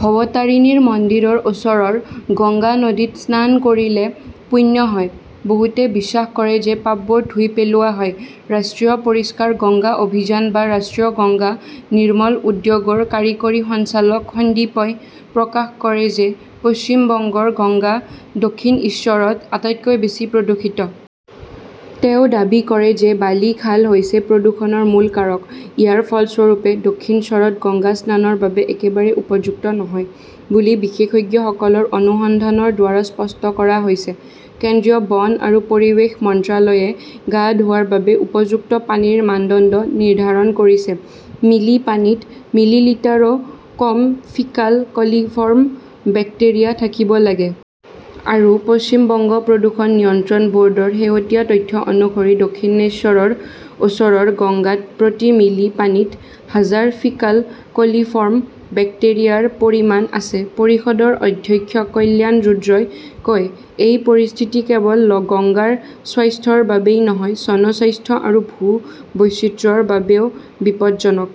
ভৱতাৰিনীৰ মন্দিৰৰ ওচৰৰ গংগা নদীত স্নান কৰিলে পুণ্য হয়, বহুতে বিশ্বাস কৰে যে পাপবোৰ ধুই পেলোৱা হয়। ৰাষ্ট্ৰীয় পৰিষ্কাৰ গংগা অভিযান বা ৰাষ্ট্ৰীয় গংগা নিৰ্মল উদ্যোগৰ কাৰিকৰী সঞ্চালক সন্দীপই প্ৰকাশ কৰে যে পশ্চিম বংগৰ গংগা দক্ষিণইশ্বৰত আটাইতকৈ বেছি প্ৰদূষিত। তেওঁ দাবী কৰে যে বালি খাল হৈছে প্ৰদূষণৰ মূল কাৰক। ইয়াৰ ফলস্বৰূপে, দক্ষিনশ্বৰত গংগা স্নানৰ বাবে একেবাৰে উপযুক্ত নহয় বুলি বিশেষজ্ঞসকলৰ অনুসন্ধানৰ দ্বাৰা স্পষ্ট কৰা হৈছে। কেন্দ্ৰীয় বন আৰু পৰিৱেশ মন্ত্ৰালয়ে গা ধোৱাৰ বাবে উপযুক্ত পানীৰ মানদণ্ড নিৰ্ধাৰণ কৰিছে, মিলি পানীত মিলিলিটাৰো কম ফিকাল কলিফৰ্ম বেক্টেৰিয়া থাকিব লাগে। আৰু পশ্চিম বংগ প্ৰদূষণ নিয়ন্ত্ৰণ বৰ্ডৰ শেহতীয়া তথ্য অনুসৰি দক্ষিণেশ্বৰৰ ওচৰৰ গংগাত প্ৰতি মিলি পানীত হাজাৰ ফিকাল কলিফৰ্ম বেক্টেৰিয়াৰ পৰিমাণ আছে। পৰিষদৰ অধ্যক্ষ কল্যাণ ৰুদ্ৰই কয়, এই পৰিস্থিতি কেৱল গংগাৰ স্বাস্থ্যৰ বাবেই নহয়, জনস্বাস্থ্য আৰু ভূ-বৈচিত্ৰ্যৰ বাবেও বিপজ্জনক।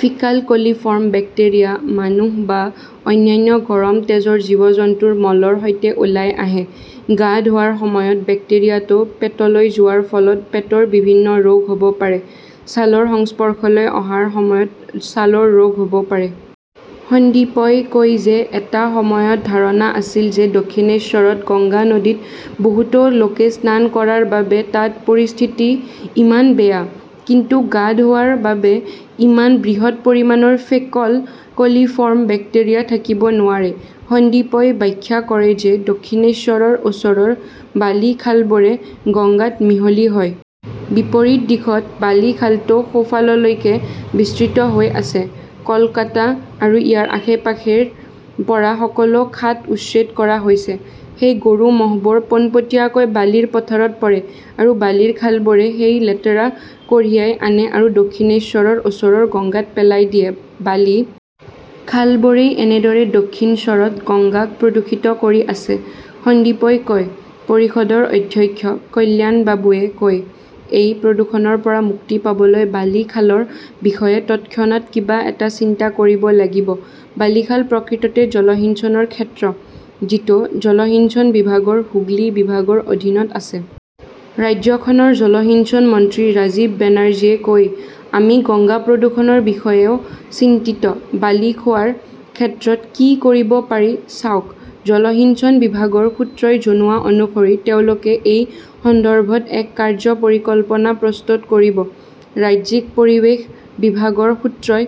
ফিকাল কলিফৰ্ম বেক্টেৰিয়া মানুহ বা অন্যান্য গৰম তেজৰ জীৱ-জন্তুৰ মলৰ সৈতে ওলাই আহে। গা ধোৱাৰ সময়ত বেক্টেৰিয়াটো পেটলৈ যোৱাৰ ফলত পেটৰ বিভিন্ন ৰোগ হব পাৰে, ছালৰ সংস্পৰ্শলৈ অহাৰ সময়ত ছালৰ ৰোগ হব পাৰে। সন্দীপই কয় যে এটা সময়ত ধাৰণা আছিল যে দক্ষিণশ্বৰত গংগা নদীত বহুতো লোকে স্নান কৰাৰ বাবে তাত পৰিস্থিতি ইমান বেয়া। কিন্তু গা ধোৱাৰ বাবে ইমান বৃহৎ পৰিমাণৰ ফেকল কলিফৰ্ম বেক্টেৰিয়া থাকিব নোৱাৰে। সন্দীপই ব্যাখ্যা কৰে যে দক্ষিণেশ্বৰৰ ওচৰৰ বালি খালবোৰে গঙ্গাত মিহলি হয়। বিপৰীত দিশত বালি খালটো সোঁফাললৈকে বিস্তৃত হৈ আছে। কলকাতা আৰু ইয়াৰ আশে-পাশেৰ পৰা সকলো খাট উচ্ছেদ কৰা হৈছে। সেই গৰু-মহবোৰ পোনপটীয়াকৈ বালিৰ পথাৰত পৰে। আৰু বালিৰ খালবোৰে সেই লেতেৰা কঢ়িয়াই আনে আৰু দক্ষিণেশ্বৰৰ ওচৰৰ গঙ্গাত পেলাই দিয়ে। বালি খালবোৰেই এনেদৰে দক্ষিণশ্বৰত গঙ্গাক প্ৰদূষিত কৰি আছে, সন্দীপই কয়। পৰিষদৰ অধ্যক্ষ কল্যাণবাবুৱে কয়, এই প্ৰদূষণৰ পৰা মুক্তি পাবলৈ বালি খালৰ বিষয়ে তৎক্ষণাত কিবা এটা চিন্তা কৰিব লাগিব। বালিখাল প্ৰকৃততে জলসিঞ্চনৰ ক্ষেত্ৰ। যিটো জলসিঞ্চন বিভাগৰ হুগলী বিভাগৰ অধীনত আছে। ৰাজ্যখনৰ জলসিঞ্চন মন্ত্ৰী ৰাজীৱ বেনাৰ্জীয়ে কয়, আমি গংগা প্ৰদূষণৰ বিষয়েও চিন্তিত। বালি খোৱাৰ ক্ষেত্ৰত কি কৰিব পাৰি চাওক, জলসিঞ্চন বিভাগৰ সূত্ৰই জনোৱা অনুসৰি তেওঁলোকে এই সন্দৰ্ভত এক 'কাৰ্য্য পৰিকল্পনা প্ৰস্তুত কৰিব। ৰাজ্যিক পৰিৱেশ বিভাগৰ সূত্ৰই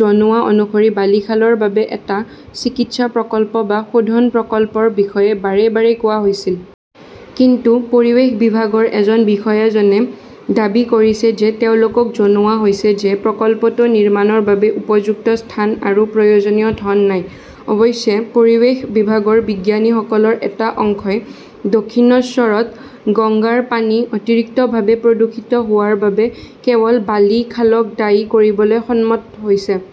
জনোৱা অনুসৰি বালিখালৰ বাবে এটা চিকিৎসা প্ৰকল্প বা শোধন প্ৰকল্পৰ বিষয়ে বাৰে বাৰে কোৱা হৈছিল। কিন্তু পৰিৱেশ বিভাগৰ এজন বিষয়াজনে দাবী কৰিছে যে তেওঁলোকক জনোৱা হৈছে যে প্ৰকল্পটো নিৰ্মাণৰ বাবে উপযুক্ত স্থান আৰু প্ৰয়োজনীয় ধন নাই। অৱশ্যে, পৰিৱেশ বিভাগৰ বিজ্ঞানীসকলৰ এটা অংশই দক্ষিণশ্বৰত গংগাৰ পানী অতিৰিক্তভাৱে প্ৰদূষিত হোৱাৰ বাবে কেৱল বালি খালক দায়ী কৰিবলৈ সন্মত হৈছে।